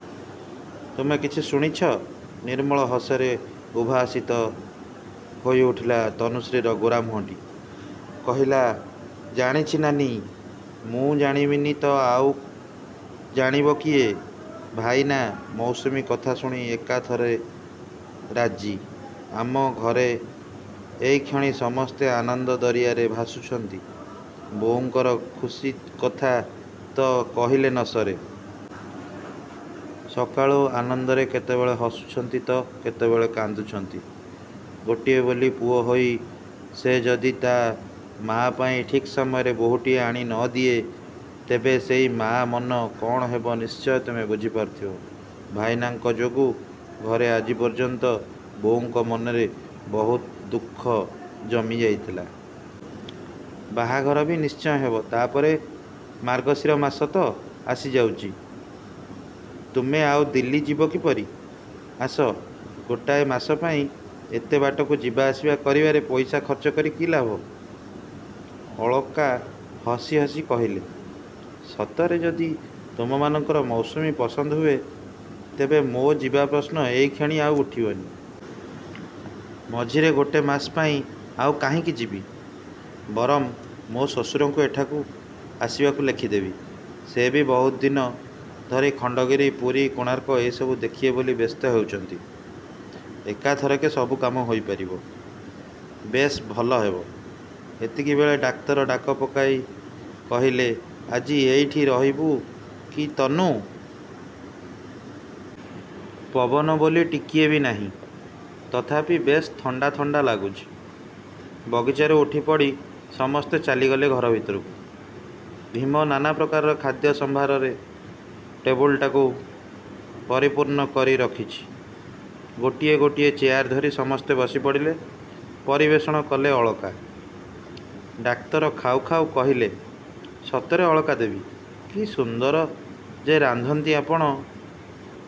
ତୁମେ କିଛି ଶୁଣିଛ? ନିର୍ମଳ ହସରେ ଉଦ୍ଭାସିତ ହୋଇଉଠିଲା ତନୁଶ୍ରୀର ଗୋରା ମୁହଁଟି। କହିଲା ଜାଣିଛି ନାନୀ, ମୁଁ ଜାଣିବିନି ତ ଆଉ ଜାଣିବ କିଏ। ଭାଇନା ମୌସୁମୀ କଥା ଶୁଣି ଏକାଥରେ ରାଜି। ଆମ ଘରେ ଏଇକ୍ଷଣି ସମସ୍ତ ଆନନ୍ଦ ଦରିଆରେ ଭାସୁଛନ୍ତି। ବୋଉଙ୍କର ଖୁସିକଥା ତ କହିଲେ ନ ସରେ। ସାକାଳୁ ଆନନ୍ଦରେ କେତେବେଳେ ହସୁଛନ୍ତି ତ କେତେବେଳେ କାନ୍ଦୁଛନ୍ତି। ଗୋଟିଏ ବୋଲି ପୁଅ ହୋଇ ସେ ଯଦି ତା' ମା' ପାଇଁ ଠିକ୍ ସମୟରେ ବୋହୂଟିଏ ଆଣି ନ ଦିଏ ତେବେ ସେଇ ମା' ମନ କ'ଣ ହେବ ନିଶ୍ଚୟ ତୁମେ ବୁଝିପାରୁଥିବ। ଭାଇନାଙ୍କ ଯୋଗୁଁ ଘରେ ଆଜିପର୍ଯ୍ୟନ୍ତ ବୋଉଙ୍କ ମନରେ ବହୁତ ଦୁଃଖ ଜମି ଯାଇଥିଲା। ବାହାଘର ବି ନିଶ୍ଚୟ ହେବ ତା'ପରେ ମାର୍ଗଶିରମାସ ତ ଆସିଯାଉଛି। ତୁମେ ଆଉ ଦିଲ୍ଲୀ ଯିବ କିପରି! ଆସ ଗୋଟାଏ ମାସପାଇଁ ଏତେ ବାଟକୁ ଯିବାଆସିବା କରିବାରେ ପଇସା ଖର୍ଚ୍ଛକରି କି ଲାଭ। ଅଳକା ହସି ହସି କହିଲେ-ସତରେ ଯଦି ତୁମମାନଙ୍କର ମୌସୁମୀ ପସନ୍ଦ ହୁଏ, ତେବେ ମୋ ଯିବା ପ୍ରଶ୍ନ ଏହିକ୍ଷଣି ଆଉ ଉଠିବନି। ମଝିରେ ଗୋଟେ ମାସପାଇଁ ଆଉ କାହିଁକି ଯିବି-। ବରଂ ମୋ ଶ୍ୱଶୁରଙ୍କୁ ଏଠାକୁ ଆସିବାକୁ ଲେଖିଦେବି। ସେ ବି ବହୁତ ଦିନ ଧରି ଖଣ୍ତଗିରି, ପୁରୀ, କୋଣାର୍କ ଏହିସବୁ ଦେଖିବେ ବୋଲି ବ୍ୟସ୍ତ ହେଉଛନ୍ତି। ଏକାଥରକେ ସବୁ କାମ ହୋଇପାରିବ-। ବେଶ୍ ଭଲ ହେବ। ଏତିକିବେଳେ ଡାକ୍ତର ଡାକପକାଇ କହିଲେ-ଆଜି ଏଇଠି ରହିବୁ କି ତନୁ? ପବନ ବୋଲି ଟିକିଏ ବି ନାହିଁ। ତଥାପି ବେଶ୍ ଥଣ୍ତା ଥଣ୍ତା ଲାଗୁଛି। ବଗିଚାରୁ ଉଠିପଡ଼ି ସମସ୍ତେ ଚାଲିଗଲେ ଘର ଭିତରକୁ। ଭୀମ ନାନାପ୍ରକାର ଖାଦ୍ୟ ସମ୍ଭାରରେ ଟେବୁଲ୍ଟାକୁ ପରିପୂର୍ଣ୍ଣ କରି ରଖିଛି। ଗୋଟିଏ ଗୋଟିଏ ଚେୟାରଧରି ସମସ୍ତେ ବସିପଡ଼ିଲେ। ପରିବେଷଣ କଲେ ଅଳକା। ଡାକ୍ତର ଖାଉ ଖାଉ କହିଲେ-ସତରେ ଅଳକା ଦେବୀ, କି ସୁନ୍ଦର ଯେ ରାନ୍ଧନ୍ତି ଆପଣ-!